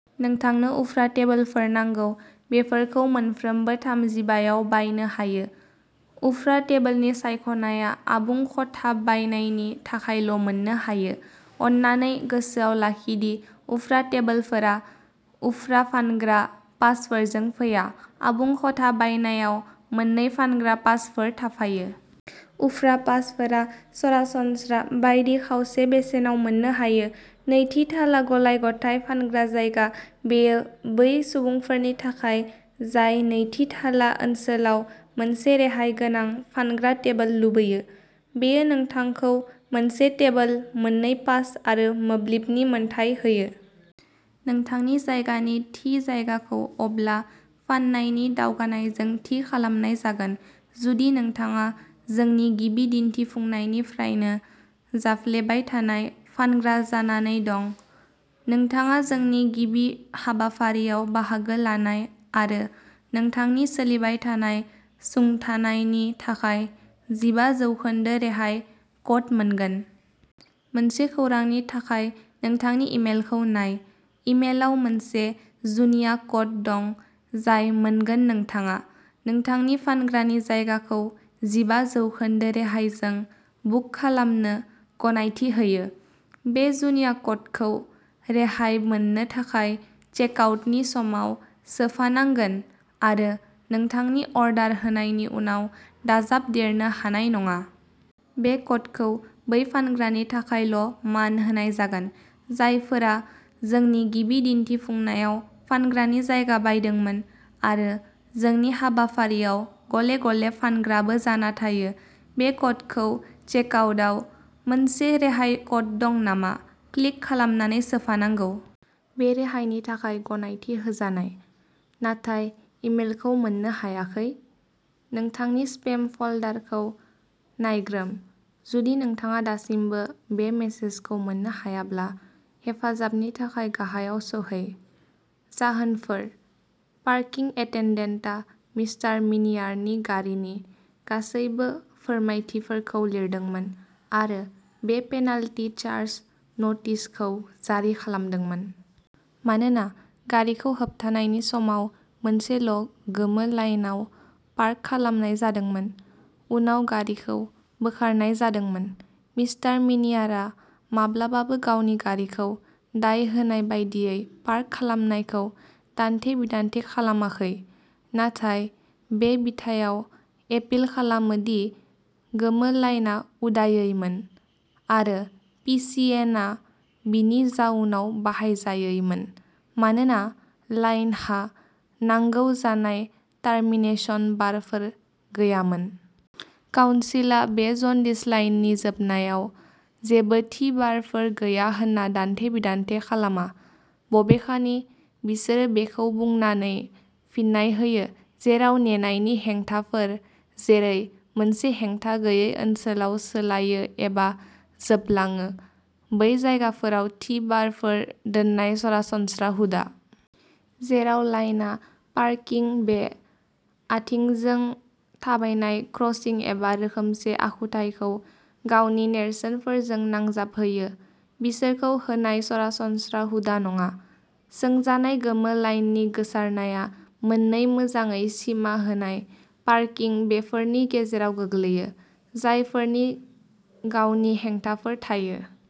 नोंथांनो उफ्रा टेबोलफोर नांगौ, बेफोरखौ मोनफ्रोमबो थामजिबाआव बायनो हायो। उफ्रा टेबोलनि सायख'नायआ आबुं खथा बायनायनि थाखायल' मोननो हायो। अन्नानै गोसोआव लाखि दि उफ्रा टेबोलफोरा उफ्रा फानग्रा पासफोरजों फैया। आबुं खथा बायनायाव मोननै फानग्रा पासफोर थाफायो। उफ्रा पासफोरा सरासनस्रा बायदि खावसे बेसेनाव मोननो हायो। नैथि थाला गलाय-गथाय फानग्रा जायगा। बेयो बै सुबुंफोरनि थाखाय जाय नैथि थाला ओनसोलाव मोनसे रेहाय गोनां फानग्रा टेबोल लुबैयो। बेयो नोंथांखौ मोनसे टेबोल, मोननै पास आरो मोब्लिबनि मोन्थाइ होयो। नोंथांनि जायगानि थि जायगाखौ अब्ला फान्नायनि दावगानायजों थि खालामनाय जागोन। जुदि नोंथाङा जोंनि गिबि दिन्थिफुंनायनिफ्रायनो जाफ्लेबाय थानाय फानग्रा जानानै दं; नोंथाङा जोंनि गिबि हाबाफारियाव बाहागो लानाय आरो नोंथांनि सोलिबाय थानाय सुंथानायनि थाखाय जिबा जौखोन्दो रेहाय क'ड मोनगोन। मोनसे खौरांनि थाखाय नोंथांनि इमेलखौ नाय। इमेलआव मोनसे जुनिया क'ड दं जाय मोनगोन नोंथाङा नोंथांनि फानग्रानि जायगाखौ जिबा जौखोन्दो रेहायजों बुक खालामनो गनायथि होयो। बे जुनिया क'डखौ रेहाय मोननो थाखाय चेकआउटनि समाव सोफानांगोन आरो नोंथांनि अर्डार होनायनि उनाव दाजाबदेरनो हानाय नङा। बे क'डखौ बै फानग्रानि थाखायल'मान होनाय जागोन, जायफोरा जोंनि गिबि दिन्थिफुंनायाव फानग्रानि जायगा बायदोंमोन आरो जोंनि हाबाफारियाव गले गले फानग्राबो जाना थायो। बे क'डखौ चेकआउटआव "मोनसे रेहाय क'ड दं नामा?" क्लिक खालामनानै सोफानांगौ। बे रेहायनि थाखाय गनायथि होजानाय, नाथाय इमेलखौ मोननो हायाखै? नोंथांनि स्पेम फोल्डरखौ नायग्रोम, जुदि नोंथाङा दासिमबो बे मेसेजखौ मोननो हायाब्ला, हेफाजाबनि थाखाय गाहायाव सौहै। जाहोनफोर- पार्किं एटेन्डेन्टआ मिस्टार मिनियारनि गारिनि गासैबो फोरमायथिफोरखौ लिरदोंमोन आरो बे पेनाल्टि चार्ज न'टिस खौ जारि खालामदोंमोन। मानोना गारिखौ होबथानायनि समाव मोनसेल'गोमो लाइनआव पार्क खालामनाय जादोंमोन। उनाव गारिखौ बोखारनाय जादोंमोन। मिस्टार मिनियारा माब्लाबाबो गावनि गारिखौ दाय होनाय बायदियै पार्क खालामनायखौ दान्थे-बिदान्थे खालामाखै, नाथाय बे बिथायाव एपिल खालामो दि गोमो लाइनआ उदायैमोन, आरो पि सि एन आ बेनि जाउनाव बाहायजायैमोन, मानोना लाइनहा "नांगौ जानाय टर्मिनेशन बारफोर गैयामोन"। काउन्सिलआ बे जन्दिस लाइननि जोबनायाव जेबो टि-बारफोर गैया होन्ना दान्थे-बिदान्थे खालामा। बबेखानि बिसोरो बेखौ बुंनानै फिननाय होयो, "जेराव नेनायनि हेंथाफोर, जेरै, मोनसे हेंथागैयै ओनसोलाव सोलायो एबा जोबलाङो, बै जायगाफोराव टि-बारफोर दोननाय सरासनस्रा हुदा। जेराव लाइनआ पार्किं बे, आथिंजों थाबायनाय क्रसिं एबा रोखोमसे आखुथायखौ गावनि नेरसोनफोरजों नांजाबहोयो, बिसोरखौ होनाय सरासनस्रा हुदा नङा। सोंजानाय गोमो लाइननि गोसारनाया मोन्नै मोजाङै सिमा होनाय पार्किं बेफोरनि गेजेराव गोग्लैयो, जायफोरनि गावनि हेंथाफोर थायो।